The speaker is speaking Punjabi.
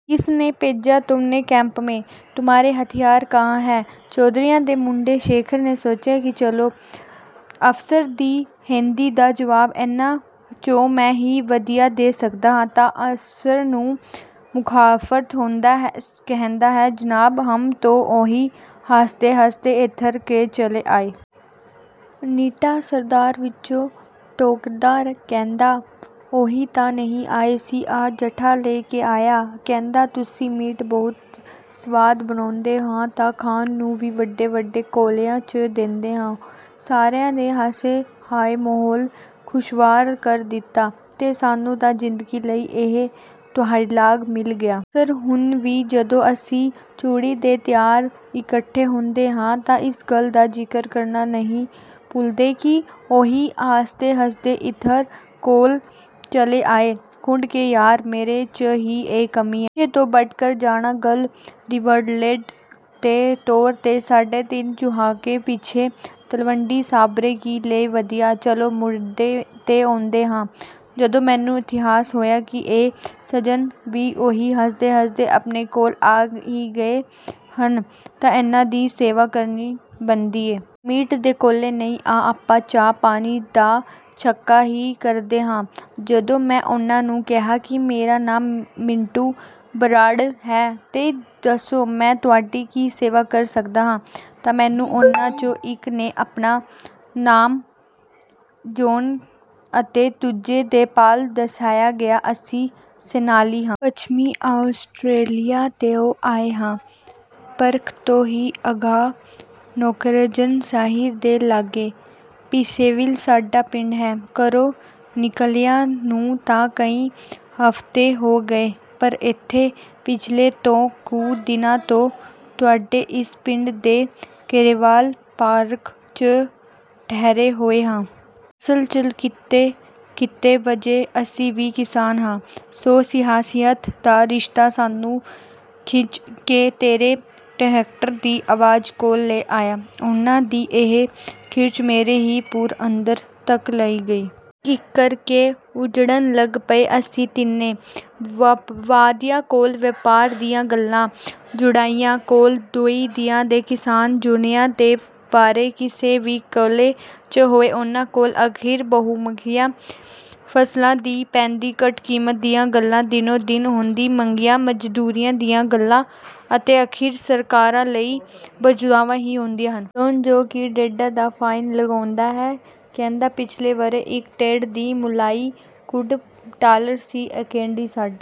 ਕਿਸ ਨੇ ਭੇਜਾ ਤੁਮੇ ਕੈਂਪ ਮੈਂ? ਤੁਮਾਰੇ ਹਥਿਆਰ ਕਹਾਂ ਹੈ? ਚੌਧਰੀਆਂ ਦੇ ਮੁੰਡੇ ਸ਼ੇਖਰ ਨੇ ਸੋਚਿਆ ਕਿ ਚਲੋ ਅਫ਼ਸਰ ਦੀ ਹਿੰਦੀ ਦਾ ਜਵਾਬ ਇਹਨਾਂ 'ਚੋਂ ਮੈਂ ਹੀ ਵਧੀਆ ਦੇ ਸਕਦਾ। ਤਾਂ ਅਫ਼ਸਰ ਨੂੰ ਮੁਖ਼ਾਤਬ ਹੁੰਦਿਆਂ ਕਹਿੰਦਾ, "ਜਨਾਬ, ਹਮ ਤੋ ਊਂਈ ਹਾਸਤੇ-ਹਾਸਤੇ ਇੱਧਰ ਕੋ ਚਲੇ ਆਏ।" ਨੀਟਾ ਸਰਦਾਰ ਵਿਚੋਂ ਟੋਕਦਾ ਕਹਿੰਦਾ, "ਊਈ ਤਾਂ ਨਹੀਂ ਆਏ ਜੀ, ਆਹ ਚੱਠਾ ਲੈ ਕੇ ਆਇਆ। ਕਹਿੰਦਾ, ਤੁਸੀਂ ਮੀਟ ਬਹੁਤ ਸਵਾਦ ਬਣਾਉਂਦੇ ਹੋ ਤੇ ਖਾਣ ਨੂੰ ਵੀ ਵੱਡੇ-ਵੱਡੇ ਕੌਲਿਆਂ 'ਚ ਦਿੰਦੇ ਹੋ।" ਸਾਰਿਆਂ ਦੇ ਹਾਸੇ ਨੇ ਮਾਹੌਲ ਖ਼ੁਸ਼ਗਵਾਰ ਕਰ ਦਿੱਤਾ ਤੇ ਸਾਨੂੰ ਤਾਂ ਜ਼ਿੰਦਗੀ ਲਈ ਇਹ ਡਾਇਲਾਗ ਮਿਲ ਗਿਆ। ਅਕਸਰ ਹੁਣ ਵੀ, ਜਦੋਂ ਅਸੀਂ ਜੁੰਡੀ ਦੇ ਯਾਰ ਇਕੱਠੇ ਹੁੰਦੇ ਹਾਂ, ਤਾਂ ਇਸ ਗੱਲ ਦਾ ਜ਼ਿਕਰ ਕਰਨਾ ਨਹੀਂ ਭੁੱਲਦੇ ਕਿ, "ਊਂਈ ਹਾਸਤੇ-ਹਾਸਤੇ ਇੱਧਰ ਕੋ ਚਲੇ ਆਏ।" ਖੜ੍ਹ ਜੋ ਯਾਰ! ਮੇਰੇ 'ਚ ਵੀ ਇਹ ਕਮੀ ਆ। ਵਿਸ਼ੇ ਤੋਂ ਭਟਕ ਜਾਣਾ। ਗੱਲ ਰਿਵਰਲੈਂਡ ਤੋਂ ਤੋਰ ਕੇ ਸਾਢੇ ਤਿੰਨ ਦਹਾਕੇ ਪਿੱਛੇ 'ਤਲਵੰਡੀ ਸਾਬੋ ਕੀ' ਲੈ ਵੜਿਆ। ਚਲੋ, ਮੁੱਦੇ 'ਤੇ ਆਉਂਦੇ ਹਾਂ। ਜਦੋਂ ਮੈਨੂੰ ਅਹਿਸਾਸ ਹੋਇਆ ਕਿ ਇਹ ਸੱਜਣ ਵੀ ਊਈ ਹਾਸਤੇ-ਹਾਸਤੇ ਆਪਣੇ ਕੋਲ ਆ ਹੀ ਗਏ ਹਨ, ਤਾਂ ਇਹਨਾਂ ਦੀ ਸੇਵਾ ਕਰਨੀ ਬਣਦੀ ਹੈ। ਮੀਟ ਦੇ ਕੌਲੇ ਨਹੀਂ ਤਾਂ ਆਪਾਂ ਚਾਹ-ਪਾਣੀ ਤਾਂ ਛਕਾ ਹੀ ਸਕਦੇ ਹਾਂ। ਜਦੋਂ ਮੈਂ ਉਹਨਾਂ ਨੂੰ ਕਿਹਾ ਕਿ, "ਮੇਰਾ ਨਾਂ ਮਿੰਟੂ ਬਰਾੜ ਹੈ ਤੇ ਦੱਸੋ, ਮੈਂ ਤੁਹਾਡੀ ਕੀ ਸੇਵਾ ਕਰ ਸਕਦਾ ਹਾਂ।" ਤਾਂ ਮੈਨੂੰ ਉਹਨਾਂ 'ਚੋਂ ਇਕ ਨੇ ਆਪਣਾ ਨਾਮ ਜੌਨ ਅਤੇ ਦੂਜੇ ਨੇ ਪਾਲ ਦੱਸਦਿਆਂ ਕਿਹਾ, "ਅਸੀਂ ਸੈਲਾਨੀ ਹਾਂ। ਪੱਛਮੀ ਆਸਟ੍ਰੇਲੀਆ ਤੋਂ ਆਏ ਹਾਂ। ਪਰਥ ਤੋਂ ਵੀ ਅਗਾਂਹ ਨੈਰੋਜਨ ਸ਼ਹਿਰ ਦੇ ਲਾਗੇ ਪਿਸੇਵਿਲ ਸਾਡਾ ਪਿੰਡ ਹੈ। ਘਰੋਂ ਨਿਕਲਿਆਂ ਨੂੰ ਤਾਂ ਕਈ ਹਫ਼ਤੇ ਹੋ ਗਏ, ਪਰ ਇੱਥੇ ਪਿਛਲੇ ਦੋ ਕੁ ਦਿਨਾਂ ਤੋਂ ਤੁਹਾਡੇ ਇਸ ਪਿੰਡ ਦੇ ਕੈਰੇਵਾਨ ਪਾਰਕ 'ਚ ਠਹਿਰੇ ਹੋਏ ਹਾਂ। ਅਸਲ 'ਚ ਕਿੱਤੇ ਵਜੋਂ ਅਸੀਂ ਵੀ ਕਿਸਾਨ ਹਾਂ। ਸੋ ਸਿਯਾਸੀਅਤ ਦਾ ਰਿਸ਼ਤਾ ਸਾਨੂੰ ਖਿੱਚ ਕੇ ਤੇਰੇ ਟਰੈਕਟਰ ਦੀ ਆਵਾਜ਼ ਕੋਲ ਲੈ ਆਇਆ।" ਉਹਨਾਂ ਦੀ ਇਹ ਖਿੱਚ ਮੇਰੇ ਵੀ ਧੁਰ ਅੰਦਰ ਤੱਕ ਲਹਿ ਗਈ। ਇਕ-ਇਕ ਕਰ ਕੇ ਉੱਧੜਨ ਲੱਗ ਪਏ ਅਸੀਂ ਤਿੰਨੇ। ਵਪਾਦੀਆਂ ਕੋਲ ਵਪਾਰ ਦੀਆਂ ਗੱਲਾਂ, ਜੁੜਾਈਆਂ ਕੋਲ ਦੂਏ ਦੀਆਂ ਤੇ ਕਿਸਾਨ, ਦੁਨੀਆ ਦੇ ਭਾਵੇਂ ਕਿਸੇ ਵੀ ਕੋਨੇ 'ਚ ਹੋਵੇ, ਉਹਨਾਂ ਕੋਲ ਅਖੀਰ ਬਹੁਮੁੱਲੀਆਂ ਫ਼ਸਲਾਂ ਦੀ ਪੈਂਦੀ ਘਟ ਕੀਮਤ ਦੀਆਂ ਗੱਲਾਂ, ਦਿਨੋਂ-ਦਿਨ ਹੁੰਦੀ ਮਹਿੰਗੀ ਮਜ਼ਦੂਰੀ ਦੀਆਂ ਗੱਲਾਂ ਅਤੇ ਅਖੀਰ ਸਰਕਾਰਾਂ ਲਈ ਬਦਦੁਆਵਾਂ ਹੀ ਹੁੰਦੀਆਂ ਹਨ। ਜੌਨ, ਜੋ ਕਿ ਭੇਡਾਂ ਦਾ ਫਾਰਮ ਚਲਾਉਂਦਾ ਹੈ, ਕਹਿੰਦਾ, "ਪਿਛਲੇ ਵਰ੍ਹੇ ਇਕ ਭੇਡ ਦੀ ਮੁਨਾਈ ਡੂਢ ਡਾਲਰ ਸੀ ਤੇ ਐਤਕੀਂ ਸਾਢੇ..."